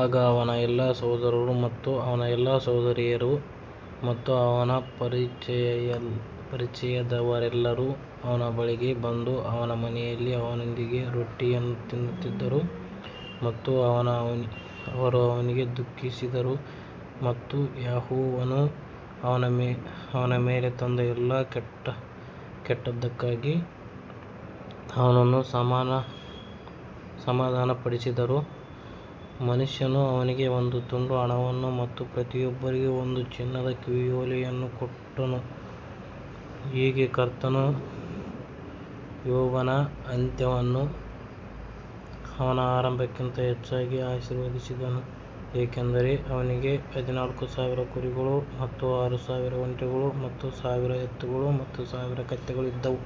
ಆಗ ಅವನ ಎಲ್ಲಾ ಸಹೋದರರು ಮತ್ತು ಅವರ ಎಲ್ಲಾ ಸಹೋದರಿಯರು ಮತ್ತು ಅವನ ಪರಿಚಯದವರೆಲ್ಲರೂ ಅವನ ಬಳಿಗೆ ಬಂದು ಅವನ ಮನೆಯಲ್ಲಿ ಅವನೊಂದಿಗೆ ರೊಟ್ಟಿಯನ್ನು ತಿನ್ನುತ್ತಿದ್ದರು ಮತ್ತು ಅವರು ಅವನಿಗೆ ದುಃಖಿಸಿದರು ಮತ್ತು ಯೆಹೋವನು ಅವನ ಮೇಲೆ ತಂದ ಎಲ್ಲಾ ಕೆಟ್ಟದ್ದಕ್ಕಾಗಿ ಅವನನ್ನು ಸಮಾಧಾನಪಡಿಸಿದರು. ಮನುಷ್ಯನು ಅವನಿಗೆ ಒಂದು ತುಂಡು ಹಣವನ್ನು ಮತ್ತು ಪ್ರತಿಯೊಬ್ಬರಿಗೂ ಒಂದು ಚಿನ್ನದ ಕಿವಿಯೋಲೆಯನ್ನು ಕೊಟ್ಟನು ಹೀಗೆ ಕರ್ತನು ಯೋಬನ ಅಂತ್ಯವನ್ನು ಅವನ ಆರಂಭಕ್ಕಿಂತ ಹೆಚ್ಚಾಗಿ ಆಶೀರ್ವದಿಸಿದನು, ಏಕೆಂದರೆ ಅವನಿಗೆ ಹದಿನಾಲ್ಕು ಸಾವಿರ ಕುರಿಗಳು ಮತ್ತು ಆರು ಸಾವಿರ ಒಂಟೆಗಳು ಮತ್ತು ಸಾವಿರ ಎತ್ತುಗಳು ಮತ್ತು ಸಾವಿರ ಕತ್ತೆಗಳು ಇದ್ದವು.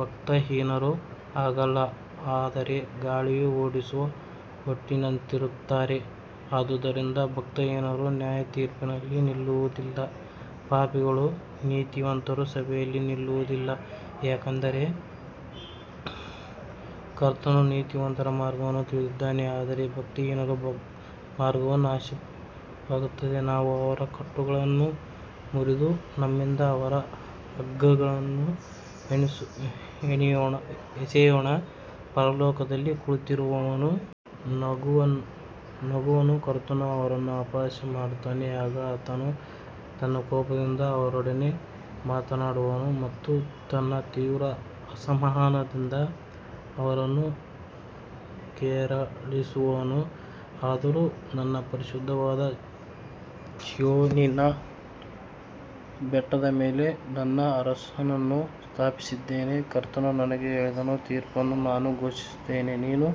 ಭಕ್ತಿಹೀನರು ಹಾಗಲ್ಲ ಆದರೆ ಗಾಳಿಯು ಓಡಿಸುವ ಹೊಟ್ಟಿನಂತಿರುತ್ತಾರೆ ಆದುದರಿಂದ ಭಕ್ತಿಹೀನರು ನ್ಯಾಯತೀರ್ಪಿನಲ್ಲಿ ನಿಲ್ಲುವದಿಲ್ಲ, ಪಾಪಿಗಳು ನೀತಿವಂತರ ಸಭೆಯಲ್ಲಿ ನಿಲ್ಲುವದಿಲ್ಲ. ಯಾಕಂದರೆ ಕರ್ತನು ನೀತಿವಂತರ ಮಾರ್ಗವನ್ನು ತಿಳಿದಿದ್ದಾನೆ ಆದರೆ ಭಕ್ತಿಹೀನರ ಮಾರ್ಗವು ನಾಶವಾಗುತ್ತದೆ ನಾವು ಅವರ ಕಟ್ಟುಗಳನ್ನು ಮುರಿದು ನಮ್ಮಿಂದ ಅವರ ಹಗ್ಗಗಳನ್ನು ಎಸೆಯೋಣ ಪರಲೋಕದಲ್ಲಿ ಕುಳಿತಿರುವವನು ನಗುವನು ಕರ್ತನು ಅವರನ್ನು ಅಪಹಾಸ್ಯ ಮಾಡುತ್ತಾನೆ ಆಗ ಆತನು ತನ್ನ ಕೋಪದಿಂದ ಅವರೊಡನೆ ಮಾತನಾಡುವನು ಮತ್ತು ತನ್ನ ತೀವ್ರ ಅಸಮಾಧಾನದಿಂದ ಅವರನ್ನು ಕೆರಳಿಸುವನು ಆದರೂ ನನ್ನ ಪರಿಶುದ್ಧವಾದ ಚೀಯೋನಿನ ಬೆಟ್ಟದ ಮೇಲೆ ನನ್ನ ಅರಸನನ್ನು ಸ್ಥಾಪಿಸಿದ್ದೇನೆ ಕರ್ತನು ನನಗೆ ಹೇಳಿದ ತೀರ್ಪನ್ನು ನಾನು ಘೋಷಿಸುತ್ತೇನೆ, ನೀನು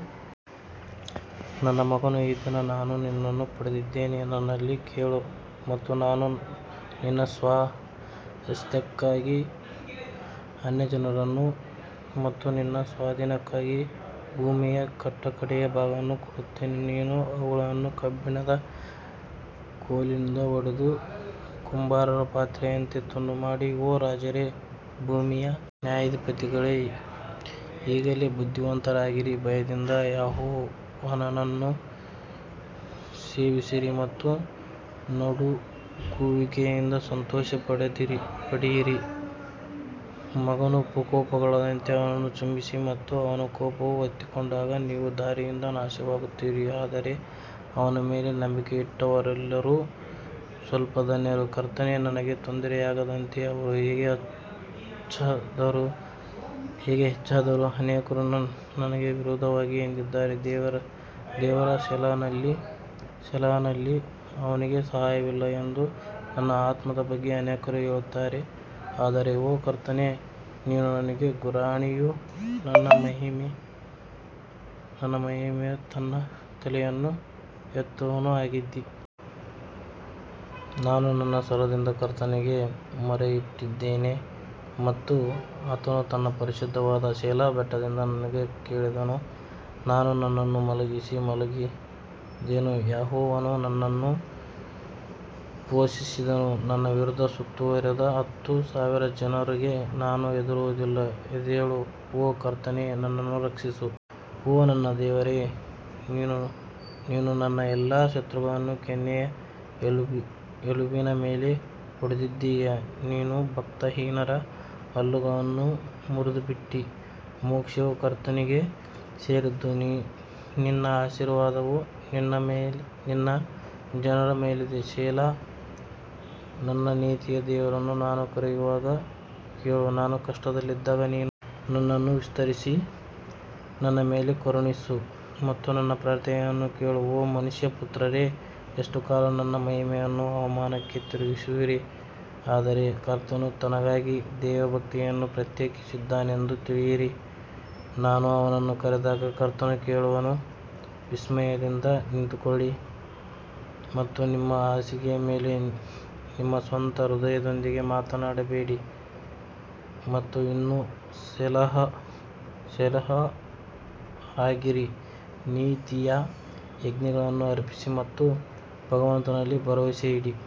ನನ್ನ ಮಗನು ಈ ದಿನ ನಾನು ನಿನ್ನನ್ನು ಪಡೆದಿದ್ದೇನೆ ನನ್ನಲ್ಲಿ ಕೇಳು ಮತ್ತು ನಾನು ನಿನ್ನ ಸ್ವಾಸ್ತ್ಯಕ್ಕಾಗಿ ಅನ್ಯಜನರನ್ನು ಮತ್ತು ನಿನ್ನ ಸ್ವಾಧೀನಕ್ಕಾಗಿ ಭೂಮಿಯ ಕಟ್ಟಕಡೆಯ ಭಾಗಗಳನ್ನು ಕೊಡುತ್ತೇನೆ ನೀನು ಅವುಗಳನ್ನು ಕಬ್ಬಿಣದ ಕೋಲಿನಿಂದ ಒಡೆದು ಕುಂಬಾರರ ಪಾತ್ರೆಯಂತೆ ತುಂಡು ಮಾಡಿ ಓ ರಾಜರೇ, ಭೂಮಿಯ ನ್ಯಾಯಾಧಿಪತಿಗಳೇ, ಈಗಲೇ ಬುದ್ಧಿವಂತರಾಗಿರಿ ಭಯದಿಂದ ಯೆಹೋವನನ್ನು ಸೇವಿಸಿರಿ ಮತ್ತು ನಡುಗುವಿಕೆಯಿಂದ ಸಂತೋಷಪಡಿರಿ ಮಗನು ಕೋಪಗೊಳ್ಳದಂತೆ ಅವನನ್ನು ಚುಂಬಿಸಿ ಮತ್ತು ಅವನ ಕೋಪವು ಹೊತ್ತಿಕೊಂಡಾಗ ನೀವು ದಾರಿಯಿಂದ ನಾಶವಾಗುತ್ತೀರಿ ಆದರೆ ಅವನ ಮೇಲೆ ನಂಬಿಕೆ ಇಟ್ಟವರೆಲ್ಲರೂ ಸ್ವಲ್ಪ ಧನ್ಯರು ಕರ್ತನೇ, ನನಗೆ ತೊಂದರೆಯಾಗುವಂತೆ ಅವರು ಹೇಗೆ ಹೆಚ್ಚಾದರು, ಅನೇಕರು ನನಗೆ ವಿರುದ್ಧವಾಗಿ ಎದ್ದಿದ್ದಾರೆ ದೇವರ ಸೆಲಾನಲ್ಲಿ ಅವನಿಗೆ ಸಹಾಯವಿಲ್ಲ ಎಂದು ನನ್ನ ಆತ್ಮದ ಬಗ್ಗೆ ಅನೇಕರು ಹೇಳುತ್ತಾರೆ ಆದರೆ ಓ ಕರ್ತನೇ ನೀನು ನನಗೆ ಗುರಾಣಿಯೂ ನನ್ನ ಮಹಿಮೆಯೂ ನನ್ನ ತಲೆಯನ್ನು ಎತ್ತುವವನೂ ಆಗಿದ್ದೀ. ನಾನು ನನ್ನ ಸ್ವರದಿಂದ ಕರ್ತನಿಗೆ ಮೊರೆಯಿಟ್ಟಿದ್ದೇನೆ ಮತ್ತು ಆತನು ತನ್ನ ಪರಿಶುದ್ಧವಾದ ಸೆಲಾ ಬೆಟ್ಟದಿಂದ ನನಗೆ ಕೇಳಿದನು ನಾನು ನನ್ನನ್ನು ಮಲಗಿಸಿ ಮಲಗಿದೆನು, ಯೆಹೋವನು ನನ್ನನ್ನು ಪೋಷಿಸಿದನು ನನ್ನ ವಿರುದ್ಧ ಸುತ್ತುವರಿದ ಹತ್ತು ಸಾವಿರ ಜನರಿಗೆ ನಾನು ಹೆದರುವುದಿಲ್ಲ ಎದ್ದೇಳು ಓ ಕರ್ತನೇ ನನ್ನನ್ನು ರಕ್ಷಿಸು ಓ ನನ್ನ ದೇವರೇ ನೀನು ನನ್ನ ಎಲ್ಲಾ ಶತ್ರುಗಳನ್ನು ಕೆನ್ನೆಯ ಎಲುಬಿನ ಮೇಲೆ ಹೊಡೆದಿದ್ದೀಯ ನೀನು ಭಕ್ತಿಹೀನರ ಹಲ್ಲುಗಳನ್ನು ಮುರಿದುಬಿಟ್ಟೆ ಮೋಕ್ಷವು ಕರ್ತನಿಗೆ ಸೇರಿದ್ದು ನಿನ್ನ ಆಶೀರ್ವಾದವು ನಿನ್ನ ಜನರ ಮೇಲಿದೆ ಸೆಲಾ ನನ್ನ ನೀತಿಯ ದೇವರನ್ನು ನಾನು ಕರೆಯುವಾಗ ಕೇಳು, ನಾನು ಕಷ್ಟದಲ್ಲಿದ್ದಾಗ ನೀನು ನನ್ನನ್ನು ವಿಸ್ತರಿಸಿ ನನ್ನ ಮೇಲೆ ಕರುಣಿಸು ಮತ್ತು ನನ್ನ ಪ್ರಾರ್ಥನೆಯನ್ನು ಕೇಳು ಓ ಮನುಷ್ಯಪುತ್ರರೇ, ಎಷ್ಟು ಕಾಲ ನನ್ನ ಮಹಿಮೆಯನ್ನು ಅವಮಾನಕ್ಕೆ ತಿರುಗಿಸುವಿರಿ ಆದರೆ ಕರ್ತನು ತನಗಾಗಿ ದೈವಭಕ್ತಿಯನ್ನು ಪ್ರತ್ಯೇಕಿಸಿದ್ದಾನೆಂದು ತಿಳಿಯಿರಿ, ನಾನು ಅವನನ್ನು ಕರೆದಾಗ ಕರ್ತನು ಕೇಳುವನು ವಿಸ್ಮಯದಿಂದ ನಿಂತುಕೊಳ್ಳಿ ಮತ್ತು ನಿಮ್ಮ ಹಾಸಿಗೆಯ ಮೇಲೆ ನಿಮ್ಮ ಸ್ವಂತ ಹೃದಯದೊಂದಿಗೆ ಮಾತನಾಡಬೇಡಿ ಮತ್ತು ಇನ್ನೂ ಸೆಲಾಹ್ ಆಗಿರಿ ನೀತಿಯ ಯಜ್ಞಗಳನ್ನು ಅರ್ಪಿಸಿ ಮತ್ತು ಭಗವಂತನಲ್ಲಿ ಭರವಸೆಯಿಡಿ.